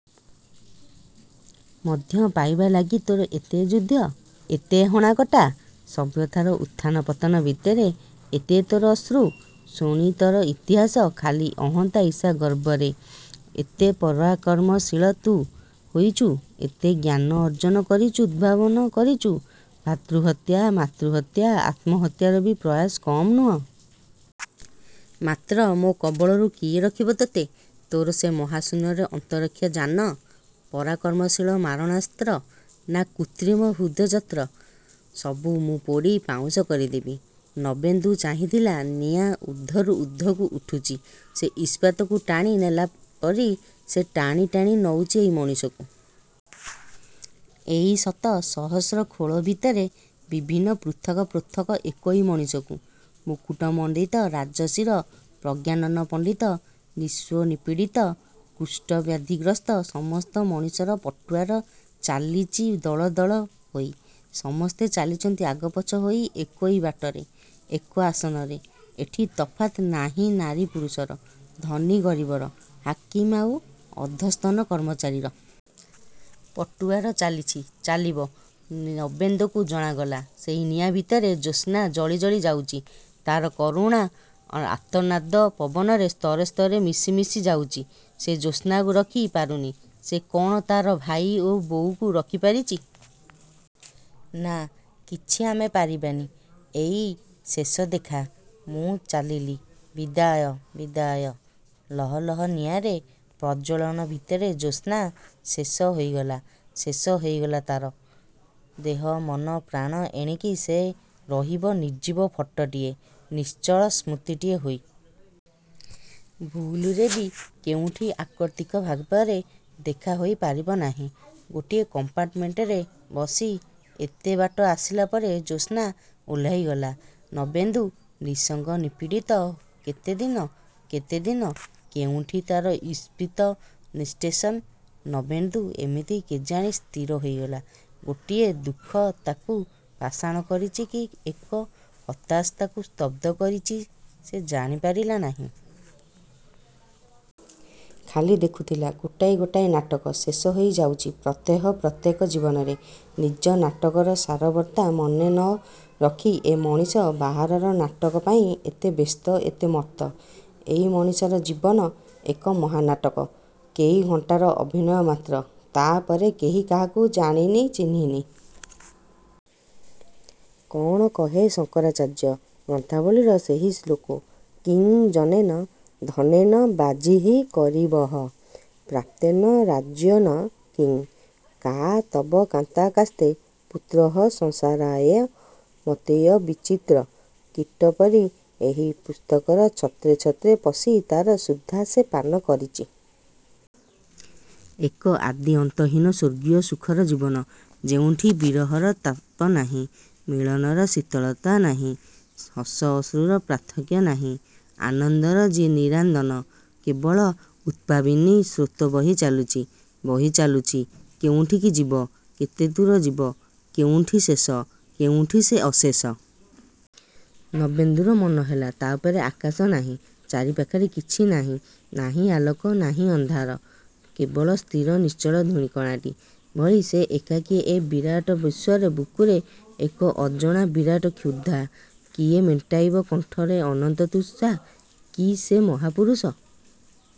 ମଧ୍ୟ ପାଇବା ଲାଗି ତୋର ଏତେ ଯୁଦ୍ଧ! ଏତେ ହାଣକଟା! ସଭ୍ୟତାର ଉତ୍ଥାନ ପତନ ଭିତରେ ଏତେ ତୋର ଅଶ୍ରୁ, ଶୋଣିତର ଇତିହାସ। ଖାଲି ଅହନ୍ତା ଈର୍ଷା ଗର୍ବରେ ଏତେ ପରାକ୍ରମଶୀଳ ତୁ ହୋଇଛୁ! ଏତେ ଜ୍ଞାନ ଅର୍ଜନ କରିଚୁ ଉଦ୍ଭାବନ କରିଚୁ। ଭାତୃହତ୍ୟା, ମାତୃହତ୍ୟା ଆତ୍ମହତ୍ୟାର ବି ପ୍ରୟାସ କମ ନୁହଁ। ମାତ୍ର ମୋ କବଳରୁ କିଏ ରଖିବ ତତେ? ତୋର ସେ ମହାଶୂନ୍ୟର ଅନ୍ତରୀକ୍ଷ ଯାନ? ପରାକ୍ରମଶୀଳ ମାରଣାସ୍ତ୍ର। ନାଁ, କୃତ୍ରିମ ହୃଦଯତ୍ର! ସବୁ ମୁଁ ପୋଡ଼ି ପାଉଁଶ କରିଦେବି। ନବେନ୍ଦୁ ଚାହିଁଥିଲା, ନିଆଁ ଊର୍ଦ୍ଧ୍ଵରୁ ଊର୍ଦ୍ଧ୍ଵକୁ ଉଠୁଚି ସେଇ ଇସ୍ପାତକୁ ଟାଣି ନେଲାପରି ସେ ଟାଣି ଟାଣି ନଉଚି ଏଇ ମଣିଷକୁ। ଏଇ ଶତ ସହସ୍ର ଖୋଳ ଭିତରେ ବିଭିନ୍ନ ପୃଥକ ପୃଥକ ଏକଇ ମଣିଷକୁ। ମୁକୁଟମଣ୍ଡିତ ରାଜଶିର, ପ୍ରଜ୍ଞାନନ ପଣ୍ଡିତ, ନିଃସ୍ୱ ନିପୀଡ଼ିତ, କୁଷ୍ଠବ୍ୟାଧିଗ୍ରସ୍ତ ସମସ୍ତ ମଣିଷର ପଟୁଆର ଚାଲିଚି ଦଳ ଦଳ ହୋଇ। ସମସ୍ତେ ଚାଲିଚନ୍ତି ଆଗପଛ ହୋଇ ଏକଇ ବାଟରେ। ଏକ ଆସନରେ। ଏଠି ତଫାତ୍ ନାହିଁ ନାରୀ ପୁରୁଷର, ଧନୀ ଗରିବର, ହାକିମ ଆଉ ଅଧସ୍ତନ କର୍ମଚାରୀର। ପଟୁଆର ଚାଲିଛି, ଚାଲିବ। ନବେନ୍ଦୁକୁ ଜଣାଗଲା, ସେଇ ନିଆଁ ଭିତରେ ଜ୍ୟୋସ୍ନା ଜଳି ଜଳି ଯାଉଚି। ତାର କରୁଣ ଆର୍ତ୍ତନାଦ ପବନର ସ୍ତରେ ସ୍ତରେ ମିଶି ମିଶି ଯାଉଚି, ସେ ଜ୍ୟୋସ୍ନାକୁ ରଖି ପାରୁନି। ସେ କଣ ତାର ଭାଇ ଓ ବୋଉକୁ ରଖି ପାରିଚି? ନା କିଛି ଆମେ ପାରିବାନି। ଏଇ ଶେଷ ଦେଖା, ମୁଁ ଚାଲିଲି, ବିଦାୟ… ବିଦାୟ…? ଲହ ଲହ ନିଆଁର ପ୍ରଜ୍ଜ୍ୱଳଣ ଭିତରେ ଜ୍ୟୋସ୍ନା ଶେଷ ହୋଇଗଲା। ଶେଷ ହେଇଗଲା ତାର, ଦେହ, ମନ, ପ୍ରାଣ, ଏଣିକି ସେ ରହିବ ନିର୍ଜୀବ ଫଟଟିଏ, ନିଶ୍ଚଳ ସ୍ମୃତିଟିଏ ହୋଇ। ଭୁଲରେ ବି କେଉଁଠି ଅତର୍କିତ ଭାବରେ ଦେଖା ହୋଇ ପାରିବ ନାହିଁ। ଗୋଟାଏ କମ୍ପାର୍ଟମେଣ୍ଟରେ ବସି ଏତେ ବାଟ ଆସିଲା ପରେ ଜ୍ୟୋସ୍ନା ଓହ୍ଲେଇଗଲା। ନବେନ୍ଦୁ, ନିଃସଙ୍ଗ, ନିପୀଡ଼ିତ କେତେଦିନ, କେତେଦିନ? କେଉଁଠି ତାର ଇସ୍ପିତ ଷ୍ଟେସନ? ନବେନ୍ଦୁ କେମିତି କେଜାଣି ସ୍ଥିର ହୋଇଗଲା। ଗୋଟାଏ ଦୁଃଖ ତାକୁ ପାଷାଣ କରିଚି କି ଏକ ହତାଶା ତାକୁ ସ୍ତବ୍ଧ କରିଛି ସେ ଜାଣିପାରିଲା ନାହିଁ। ଖାଲି ଦେଖୁଥିଲା, ଗୋଟାଏ ଗୋଟାଏ ନାଟକ ଶେଷ ହେଇ ଯାଉଚି ପ୍ରତ୍ୟେହ ପ୍ରତ୍ୟେକ ଜୀବନରେ। ନିଜ ନାଟକର ସାରବତ୍ତା ମନେ ନ ରଖି ଏ ମଣିଷ ବାହାରର ନାଟକ ପାଇଁ ଏତେ ବ୍ୟସ୍ତ, ଏତେ ମତ୍ତ। ଏଇ ମଣିଷର ଜୀବନ, ଏକ ମହାନାଟକ। କେଇ ଘଣ୍ଟାର ଅଭିନୟ ମାତ୍ର: ତା' ପରେ କେହି କାହାକୁ ଜାଣିନି, ଚିହ୍ନିନି। କ'ଣ କହେ ଶଙ୍କରାଚାର୍ଯ୍ୟ ଗ୍ରନ୍ଥାବଳୀର ସେହି ଶ୍ଳୋକ "କିଂ ଜନେନ, ଧନେନ ବାଜିଃ କରିଭଃ, ପ୍ରାପ୍ତେନ ରାଜ୍ୟେନ କିଂ? " "କା ତବ କାନ୍ତା କାସ୍ତେ ପୁତ୍ରଃ ସଂସାରୋଽୟ ମତୀୟ ବିଚିତ୍ର-। " କୀଟ ପରି ସେହି ପୁସ୍ତକର ଛତ୍ରେ ଛତ୍ରେ ପଶି ତାର ସୁଧା ସେ ପାନ କରିଚି। ଏକ ଆଦିଅନ୍ତହୀନ ସ୍ୱର୍ଗୀୟ ସୁଖର ଜୀବନ। ଯେଉଁଠି ବିରହର ତାପ ନାହିଁ, ମିଳନର ଶୀତଳତା ନାହିଁ, ହସ ଅଶ୍ରୁର ପାର୍ଥକ୍ୟ ନାହିଁ! ଆନନ୍ଦର ଯିଏ ନିରାନ୍ଦନ। କେବଳ ଉତ୍ପ୍ଳାବିନୀ ସ୍ରୋତ ବହି ଚାଲୁଚି, ବହି ଚାଲୁଚି, କେଉଁଠିକି ଯିବ, କେତେଦୂର ଯିବ? କେଉଁଠି ଶେଷ, କେଉଁଠି ସେ ଅଶେଷ? ନବେନ୍ଦୁର ମନେହେଲା, ତା' ଉପରେ ଆକାଶ ନାହିଁ। ଚାରିପାଖରେ କିଛି ନାହିଁ। ନାହିଁ ଆଲୋକ, ନାହିଁ ଅନ୍ଧାର। କେବଳ ସ୍ଥିର ନିଶ୍ଚଳ ଧୂଳିକଣାଟି ଭଳି ସେ ଏକାକୀ ଏ ବିରାଟ ବିଶ୍ଵରେ-। ବୁକୁରେ ଏକ ଅଜଣା, ବିରାଟ କ୍ଷୁଧା–କିଏ ମେଣ୍ଟାଇବ କଣ୍ଠର ଏ ଅନନ୍ତ ତୃଷା। କି ସେ ମହାପୁରୁଷ?